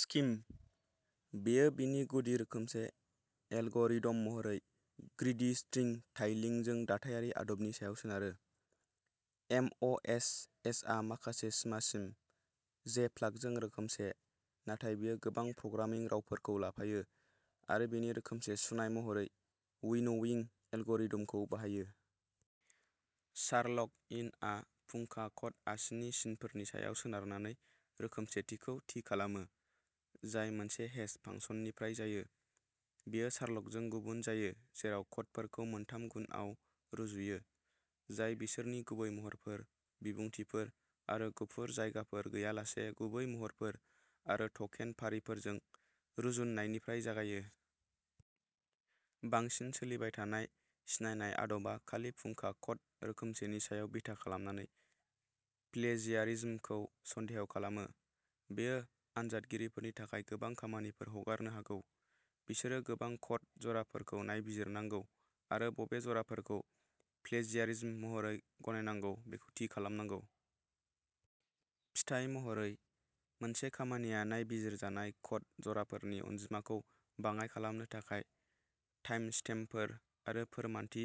Scheme, बेयो बेनि गुदि रोखोमसे एलगरिद'म महरै ग्रीडी-स्ट्रिं-टाइलिंगजों दाथायारि आदबनि सायाव सोनारो। एम अ एस एसआ माखासे सिमासिम, जेप्लागजों रोखोमसे, नाथाय बेयो गोबां प्रग्रामिं रावफोरखौ लाफायो आरो बिनि रोखोमसे सुनाय महरै विन'विं एलगरिद'मखौ बाहायो। शार्लक इनआ फुंखा क'ड आसिनि सिनफोरनि सायाव सोनारनानै रोखोमसेथिखौ थि खालामो, जाय मोनसे हेश फांसननिफ्राय जायो। बेयो शार्लकजों गुबुन जायो जेराव क'डफोरखौ मोनथाम गुनआव रुजुयो, जाय बिसोरनि गुबै महरफोर, बिबुंथिफोर आरो गुफुर जायगाफोर गैयालासे गुबै महरफोर आरो टकेन फारिफोरजों रुजुननायनिफ्राय जागायो। बांसिन सोलिबाय थानाय सिनायनाय आदबा खालि फुंखा क'ड रोखोमसेनि सायाव बिथा खालामनानै प्लेजियारिज्मखौ सन्देह खालामो। बेयो आनजादगिरिफोरनि थाखाय गोबां खामानिफोर हगारनो हागौ; बिसोरो गोबां क'ड जराफोरखौ नायबिजिरनांगौ आरो बबे जराफोरखौ प्लेजियारिज्म महरै गनायनांगौ बेखौ थि खालामनांगौ। फिथाय महरै, मोनसे खामानिया नायबिजिरजानाय क'ड जराफोरनि अनजिमाखौ बाङाइ खालामनो थाखाय टाइमस्टेम्पफोर आरो फोरमानथि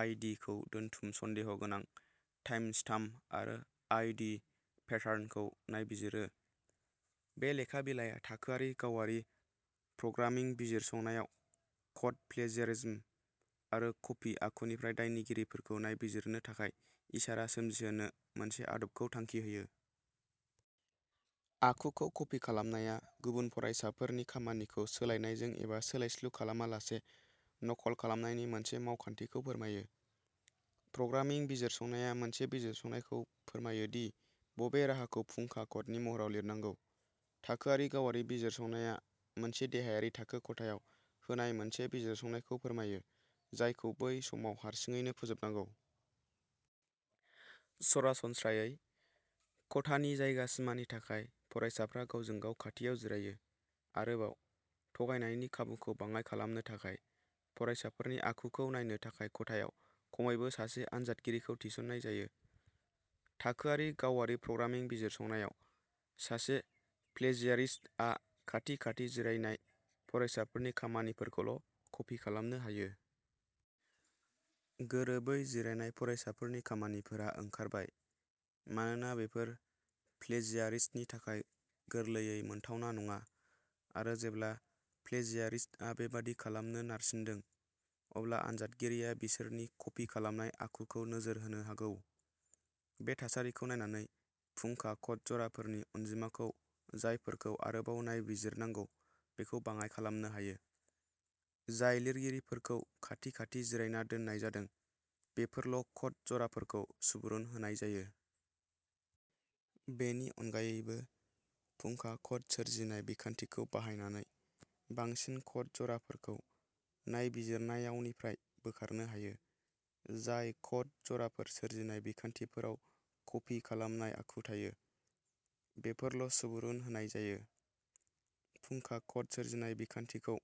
आइ डि खौ दोनथुम सन्देह' गोनां टाइमस्टाम्प आरो आइ डि पेटार्नखौ नायबिजिरो। बे लेखा बिलाइआ थाखोआरि गावारि प्रग्रामिं बिजिरसंनायाव क'ड प्लेजियारिज्म आरो क'पि आखुनिफ्राय दायनिगिरिफोरखौ नायबिजिरनो थाखाय इसारा सोमजिहोनो मोनसे आदबखौ थांखि होयो। आखुखौ क'पि खालामनाया गुबुन फरायसाफोरनि खामानिखौ सोलायनायजों एबा सोलायस्लु खालामालासे नकल खालामनायनि मोनसे मावखान्थिखौ फोरमायो। प्रग्रामिं बिजिरसंनाया मोनसे बिजिरसंनायखौ फोरमायो दि बबे राहाखौ फुंखा क'डनि महराव लिरनांगौ। थाखोआरि गावारि बिजिरसंनाया मोनसे देहायारि थाखो खथायाव होनाय मोनसे बिजिरसंनायखौ फोरमायो, जायखौ बै समाव हारसिङैनो फोजोबनांगौ। सरासनस्रायै, खथानि जायगा सिमानि थाखाय फरायसाफ्रा गावजों-गाव खाथियाव जिरायो। आरोबाव, थगायनायनि खाबुखौ बाङाइ खालामनो थाखाय, फरायसाफोरनि आखुखौ नायनो थाखाय खथायाव खमैबो सासे आनजादगिरिखौ थिसननाय जायो। थाखोआरि गावारि प्रग्रामिं बिजिरसंनायाव, सासे प्लेजियारिस्ट आ खाथि-खाथि जिरायनाय फरायसाफोरनि खामानिफोरखौल' क'पि खालामनो हायो। गोरोबै जिरायनाय फरायसाफोरनि खामानिफोरा ओंखारबाय। मानोना बेफोर प्लेजियारिस्तनि थाखाय गोरलैयै मोनथावना नङा आरो जेब्ला प्लेजियारिस्तआ बेबादि खालामनो नारसिनदों, अब्ला आनजादगिरिया बिसोरनि कपि खालामनाय आखुखौ नोजोर होनो हागौ। बे थासारिखौ नायनानै, फुंखा क'ड जराफोरनि अनजिमाखौ जायफोरखौ आरोबाव नायबिजिरनांगौ बेखौ बाङाइ खालामनो हायो; जाय लिरगिरिफोरखौ खाथि-खाथि जिरायना दोननाय जादों बेफोरल' क'ड जराफोरखौ सुबुरुन होनाय जायो। बेनि अनगायैबो, फुंखा क'ड सोरजिनाय बिखान्थिखौ बाहायनानै, बांसिन क'ड जराफोरखौ नायबिजिरनायावनिफ्राय बोखारनो हायो; जाय क'ड जराफोर सोरजिनाय बिखान्थिफोराव कपि खालामनाय आखु थायो बेफोरल'सुबुरुन होनाय जायो। फुंखा क'ड सोरजिनाय बिखान्थिखौ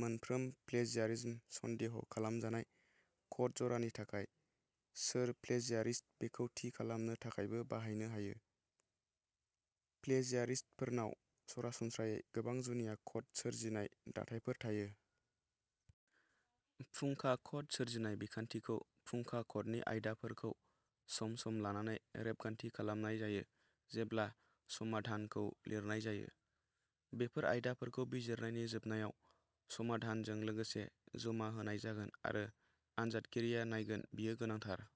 मोनफ्रोम प्लेजियारिस्म सन्देह खालामजानाय क'ड जरानि थाखाय सोर प्लेजियारिस्ट बेखौ थि खालामनो थाखायबो बाहायनो हायो; प्लेजियारिस्टफोरनाव सरासनस्रायै गोबां जुनिया क'ड सोरजिनाय दाथायफोर थायो। फुंखा क'ड सोरजिनाय बिखान्थिखौ फुंखा क'डनि आयदाफोरखौ सम-सम लानानै रेबगान्थि खालामनाय जायो जेब्ला समाधानखौ लिरनाय जायो। बेफोर आयदाफोरखौ बिजिरनायनि जोबनायाव, समाधानजों लोगोसे जमा होनाय जागोन आरो आनजादगिरिआ नायगोन बेयो गोनांथार।